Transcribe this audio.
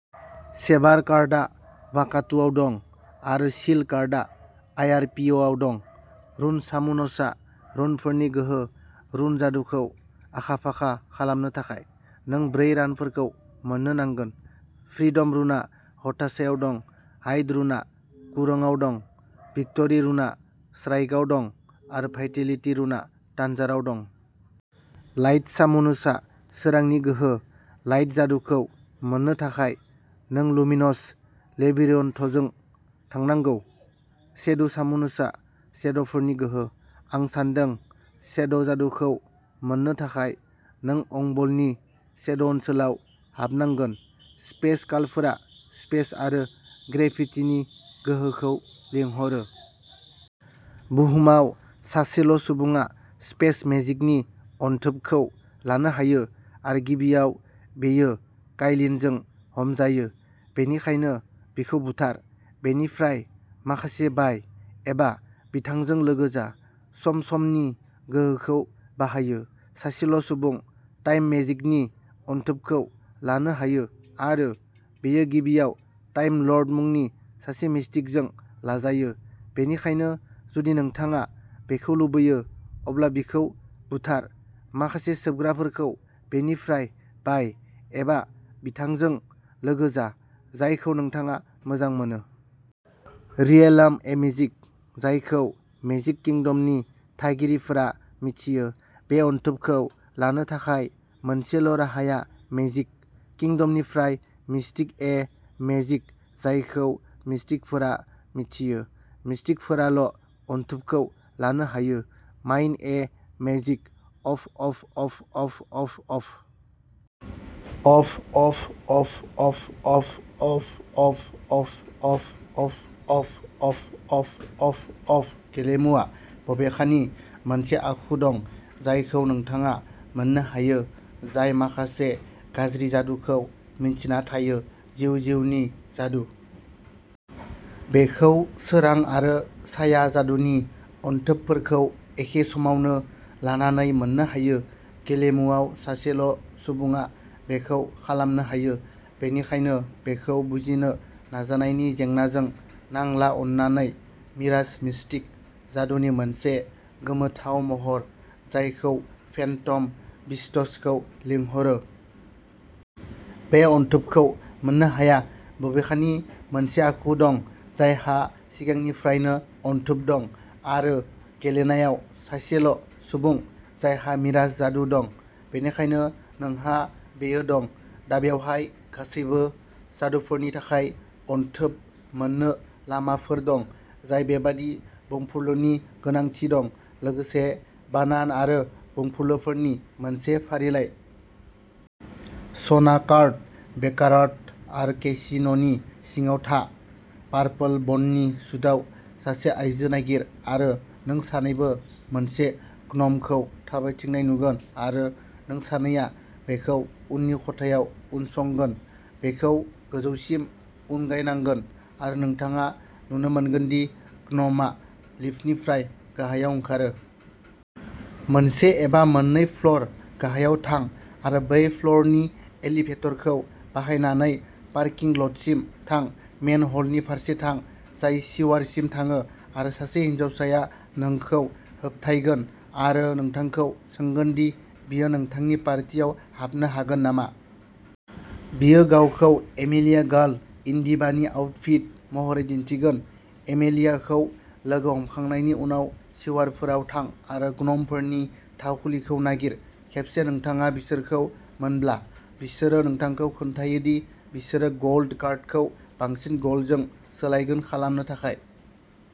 सेबार कार्डआ वाकातुआव दं आरो शील्ड कार्डआ आइ. आर. पि. अ'आव दं। रुन-सामुनसआ रुनफोरनि गोहो। रुन जादुखौ आखा-फाखा खालामनो थाखाय, नों ब्रै रानफोरखौ मोन्नो नांगोन। फ्रिडम रुनआ हताशायाव दं, हाइड रुनआ कुरंआव दं, विक्ट'रि रुनआ श्राइकआव दं, आरो भाइटेलिटि रुनआ तान्जाराव दं। लाइट सामुनसआ सोरांनि गोहो। लाइट जादुखौ मोन्नो थाखाय नों लुमिनस लेबिरिनथजों थांनांगौ। शेडो सामुनसआ शेडोफोरनि गोहो, आं सान्दों। शेडो जादुखौ मोन्नो थाखाय नों अंबलनि शेडो ओनसोलाव हाबनांगोन। स्पेस-कालफोरा स्पेस आरो ग्रेभिटिनि गोहोखौ लिंहरो। बुहुमाव सासेल'सुबुङा स्पेस मेजिकनि अनथोबखौ लानो हायो आरो गिबियाव, बेयो काइलिनजों हमजायो, बेनिखायनो बिखौ बुथार, बेनिफ्राय माखासे बाय, एबा बिथांजों लोगो जा। सम-समनि गोहोखौ बाहायो। सासेल' सुबुं। टाइम मेजिकनि अनथोबखौ लानो हायो आरो बेयो गिबियाव टाइम लर्ड मुंनि सासे मिस्टिकजों लाजायो, बेनिखायनो जुदि नोंथाङा बेखौ लुबैयो अब्ला बिखौ बुथार, माखासे सोबग्राफोरखौ बेनिफ्राय बाय, एबा बिथांजों लोगो जा, जायखौ नोंथाङा मोजां मोनो। रियेल्म ए मेजिक जायखौ मेजिक किंडमनि थागिरिफोरा मिथियो। बे अनथोबखौ लानो थाखाय मोनसेल' राहाया मेजिक किंडमनिफ्राय मिस्टिक-ए मेजिक जायखौ मिस्टिकफोरा मिथियो। मिस्टिकफोराल' अनथोबखौ लानो हायो। माइन्ड-ए magic... of... of... of... of... of... of... of... of... of... of... of... of... of... of... of... of... of... of... of... of... of... of. गेलेमुआ, बबेखानि मोनसे आखु दं जायखौ नोंथाङा मोन्नो हायो जाय माखासे गाज्रि जादुखौ मिन्थिना थायो। जिउ जिउनि जादु। बेखौ सोरां आरो साया जादुनि अनथोबफोरखौ एखे समावनो लानानै मोननो हायो। गेलेमुआव सासेल' सुबुङा बेखौ खालामनो हायो, बेनिखायनो बेखौ बुजिनो नाजानायनि जेंनाजों नांला अन्नानै मिराज-मिस्टिक जादुनि मोनसे गोमोथाव महर जायखौ फेन्टम बिस्ट्सखौ लिंहरो। बे अनथोबखौ मोननो हाया, बबेखानि मोनसे आखु दं जायहा सिगांनिफ्रायनो अनथोब दं आरो गेलेनायाव सासेल' सुबुं जायहा मिराज जादु दं। बेनिखायनो नोंहा बेयो दं। दा बेवहाय गासैबो जादुफोरनि थाखाय "अनथोब" मोन्नो लामाफोर दं जाय बेबादि बुंफुरलुनि गोनांथि दं, लोगोसे बानान आरो बुंफुरलुफोरनि मोनसे फारिलाइ। सना कार्ड-बेक्कारात आरो केसिन'नि सिङाव थां। पार्पल बन्नी सुटआव सासे आयजो नागिर आरो नों सानैबो मोनसे ग्न'मखौ थाबायथिंनाय नुगोन आरो नों सानैया बेखौ उननि खथायाव उनसंगोन। बेखौ गोजौसिम उनगायनांगोन आरो नोंथाङा नुनो मोनगोन दि ग्न'मआ लिफ्टनिफ्राय गाहायाव ओंखारो। मोनसे एबा मोननै फ्ल'र गाहायाव थां आरो बै फ्ल'रनि एलिभेटरखौ बाहायनानै पार्किं ल'टसिम थां। मेनह'लनि फारसे थां, जाय सिवारसिम थाङो आरो सासे हिनजावसाया नोंखौ होबथायगोन आरो नोंथांखौ सोंगोन दि बियो नोंथांनि पार्टियाव हाबनो हागोन नामा। बियो गावखौ एमेलिया गार्ल इन दि बानि आउटफिट महरै दिन्थिगोन। एमेलियाखौ लोगो हमखांनायनि उनाव सिवारफोराव थां आरो ग्न'मफोरनि थाखुलिखौ नागिर। खेबसे नोंथाङा बिसोरखौ मोनब्ला, बिसोरो नोंथांखौ खोन्थायो दि बिसोरो गल्ड कार्डखौ बांसिन गल्डजों सोलायगोन खालामनो थाखाय।